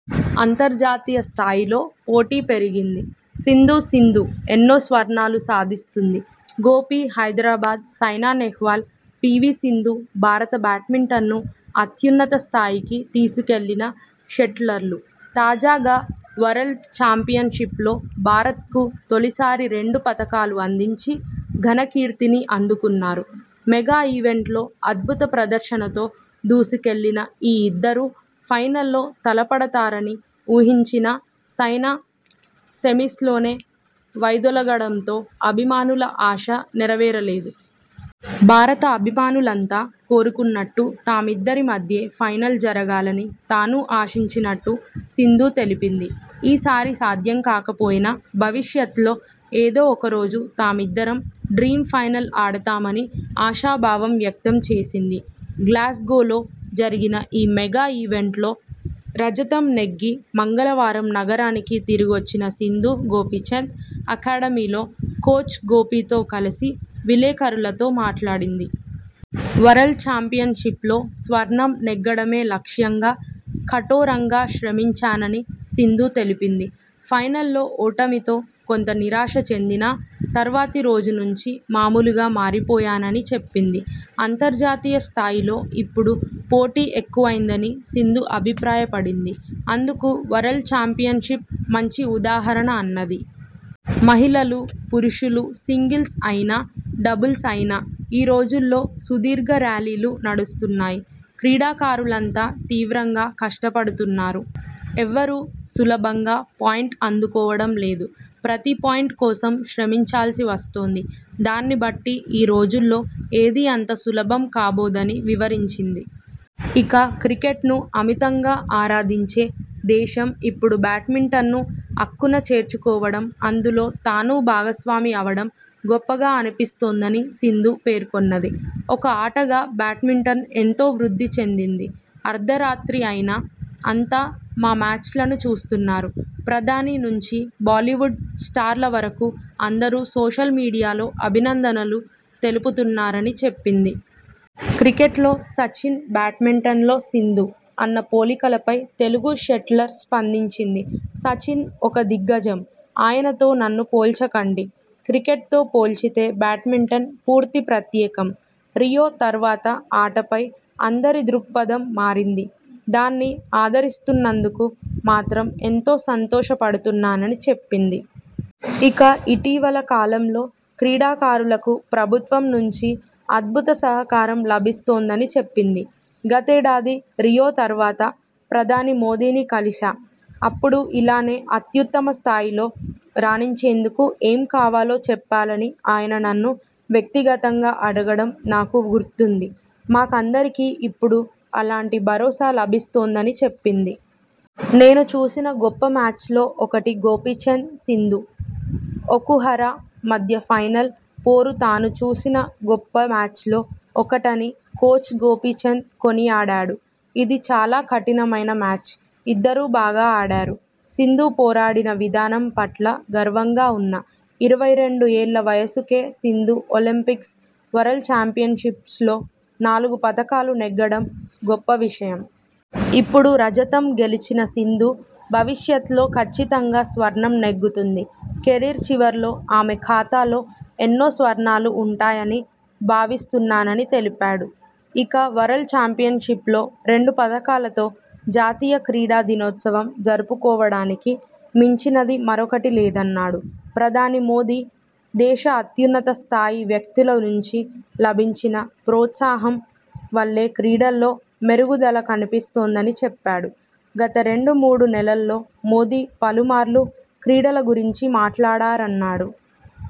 అంతర్జాతీయ స్థాయిలో పోటీ పెరిగింది సింధు సింధు ఎన్నో స్వర్ణాలు సాధిస్తుంది గోపీ హైదరాబాద్ సైనా నెహ్వాల్, పీవీ సింధు భారత బ్యాడ్మింటన్ను అత్యున్నత స్థాయికి తీసుకెళ్లిన షట్లర్లు. తాజాగా, వరల్డ్ చాంపియన్షిప్లో భారత్కు తొలిసారి రెండు పతకాలు అందించి ఘనకీర్తిని అందుకున్నారు. మెగా ఈవెంట్లో అద్భుత ప్రదర్శనతో దూసుకెళ్లిన ఈ ఇద్దరూ ఫైనల్లో తలపడతారని ఊహించినా సైనా సెమీస్లోనే వైదొలగడంతో అభిమానుల ఆశ నెరవేరలేదు. భారత అభిమానులంతా కోరుకున్నట్టు తామిద్దరి మధ్యే ఫైనల్ జరగాలని తానూ ఆశించినట్టు సింధు తెలిపింది. ఈ సారి సాధ్యం కాకపోయినా భవిష్యత్లో ఏదో ఒకరోజు తామిద్దరం 'డ్రీమ్ ఫైనల్' ఆడతామని ఆశాభావం వ్యక్తం చేసింది. గ్లాస్గోలో జరిగిన ఈ మెగా ఈవెంట్లో రజతం నెగ్గి మంగళవారం నగరానికి తిరిగొచ్చిన సింధు గోపీచంద్ అకాడమీలో కోచ్ గోపీతో కలిసి విలేకరులతో మాట్లాడింది. వరల్డ్ చాంపియన్షిప్లో స్వర్ణం నెగ్గడమే లక్ష్యంగా కఠోరంగా శ్రమించానని సింధు తెలిపింది. ఫైనల్లో ఓటమితో కొంత నిరాశ చెందినా తర్వాతి రోజు నుంచి మామూలుగా మారిపోయానని చెప్పింది. అంతర్జాతీయ స్థాయిలో ఇప్పుడు పోటీ ఎక్కువైందని సింధు అభిప్రాయపడింది. అందుకు వరల్డ్ చాంపియన్షిప్ మంచి ఉదాహరణ అన్నది. 'మహిళలు, పురుషులు సింగిల్స్ అయినా డబుల్స్ అయినా ఈ రోజుల్లో సుదీర్ఘ ర్యాలీలు నడుస్తున్నాయి. క్రీడాకారులంతా తీవ్రంగా కష్టపడుతున్నారు. ఎవ్వరూ సులభంగా పాయింట్ అందుకోవడం లేదు. ప్రతీ పాయింట్ కోసం శ్రమించాల్సి వస్తోంది. దాన్ని బట్టి ఈ రోజుల్లో ఏదీ అంత సులభం కాబోదని వివరించింది. ఇక, క్రికెట్ను అమితంగా ఆరాధించే దేశం ఇప్పుడు బ్యాడ్మింటన్ను అక్కున చేర్చుకోవడం, అందులో తానూ భాగస్వామి అవడం గొప్పగా అనిపిస్తోందని సింధు పేర్కొన్నది. 'ఒక ఆటగా బ్యాడ్మింటన్ ఎంతో వృద్ధి చెందింది. అర్ధరాత్రి అయినా అంతా మా మ్యాచ్లను చూస్తున్నారు. ప్రధాని నుంచి బాలీవుడ్ స్టార్ల వరకూ అందరూ సోషల్ మీడియాలో అభినందనలు తెలుపుతున్నారని చెప్పింది. క్రికెట్లో సచిన్ బ్యా డ్మింటన్లో సింధు అన్న పోలికలపై తెలుగు షట్లర్ స్పందించింది. 'సచిన్ ఒక దిగ్గజం. ఆయనతో నన్ను పోల్చకండి. క్రికెట్తో పోల్చితే బ్యాడ్మింటన్ పూర్తి ప్రత్యేకం. రియో తర్వాత ఆటపై అందరి దృక్పథం మారింది. దాన్ని ఆదరిస్తున్నందుకు మాత్రం ఎంతో సంతోష పడుతున్నానని చెప్పింది. ఇక, ఇటీవల కాలంలో క్రీడాకారులకు ప్రభుత్వం నుంచి అద్భుత సహకారం లభిస్తోందని చెప్పింది. 'గతేడాది రియో తర్వాత ప్రధాని మోదీని కలిశా. అప్పుడు ఇలానే అత్యుత్తమ స్థాయిలో రాణించేందుకు ఏం కావాలో చెప్పాలని ఆయన నన్ను వ్యక్తిగతంగా అడగడం నాకు గుర్తుంది. మాకందరికీ ఇప్పుడు అలాంటి భరోసా లభిస్తోందని చెప్పింది. నేను చూసిన గొప్ప మ్యాచ్ల్లో ఒకటి గోపీచంద్ సింధు, ఒకుహరా మధ్య ఫైనల్ పోరు తాను చూసిన గొప్ప మ్యాచ్ల్లో ఒకటని కోచ్ గోపీచంద్ కొనియాడాడు. 'ఇది చాలా కఠినమైన మ్యాచ్. ఇద్దరూ బాగా ఆడారు. సింధు పోరాడిన విధానం పట్ల గర్వంగా ఉన్నా. ఇరవై రెండు ఏళ్ల వయసుకే సింధు ఒలింపిక్స్, వరల్డ్ చాంపియన్షిప్స్లో నాలుగు పతకాలు నెగ్గడం గొప్ప విషయం. ఇప్పుడు రజతం గెలిచిన సింధు భవిష్యత్లో కచ్చితంగా స్వర్ణం నెగ్గుతుంది. కెరీర్ చివర్లో ఆమె ఖాతాలో ఎన్నో స్వర్ణాలు ఉంటాయని భావిస్తున్నానని తెలిపాడు. ఇక, వరల్డ్ చాంపియన్షిప్లో రెండు పతకాలతో జాతీయ క్రీడా దినోత్సవం జరుపుకోవడానికి మించినది మరొకటి లేదన్నాడు. ప్రధాని మోదీ, దేశ అత్యున్నత స్థాయి వ్యక్తుల నుంచి లభించిన ప్రోత్సాహం వల్లే క్రీడల్లో మెరుగుదల కనిపిస్తోందని చెప్పాడు. గత రెండు మూడు నెలల్లో మోదీ పలుమార్లు క్రీడల గురించి మాట్లాడారన్నాడు.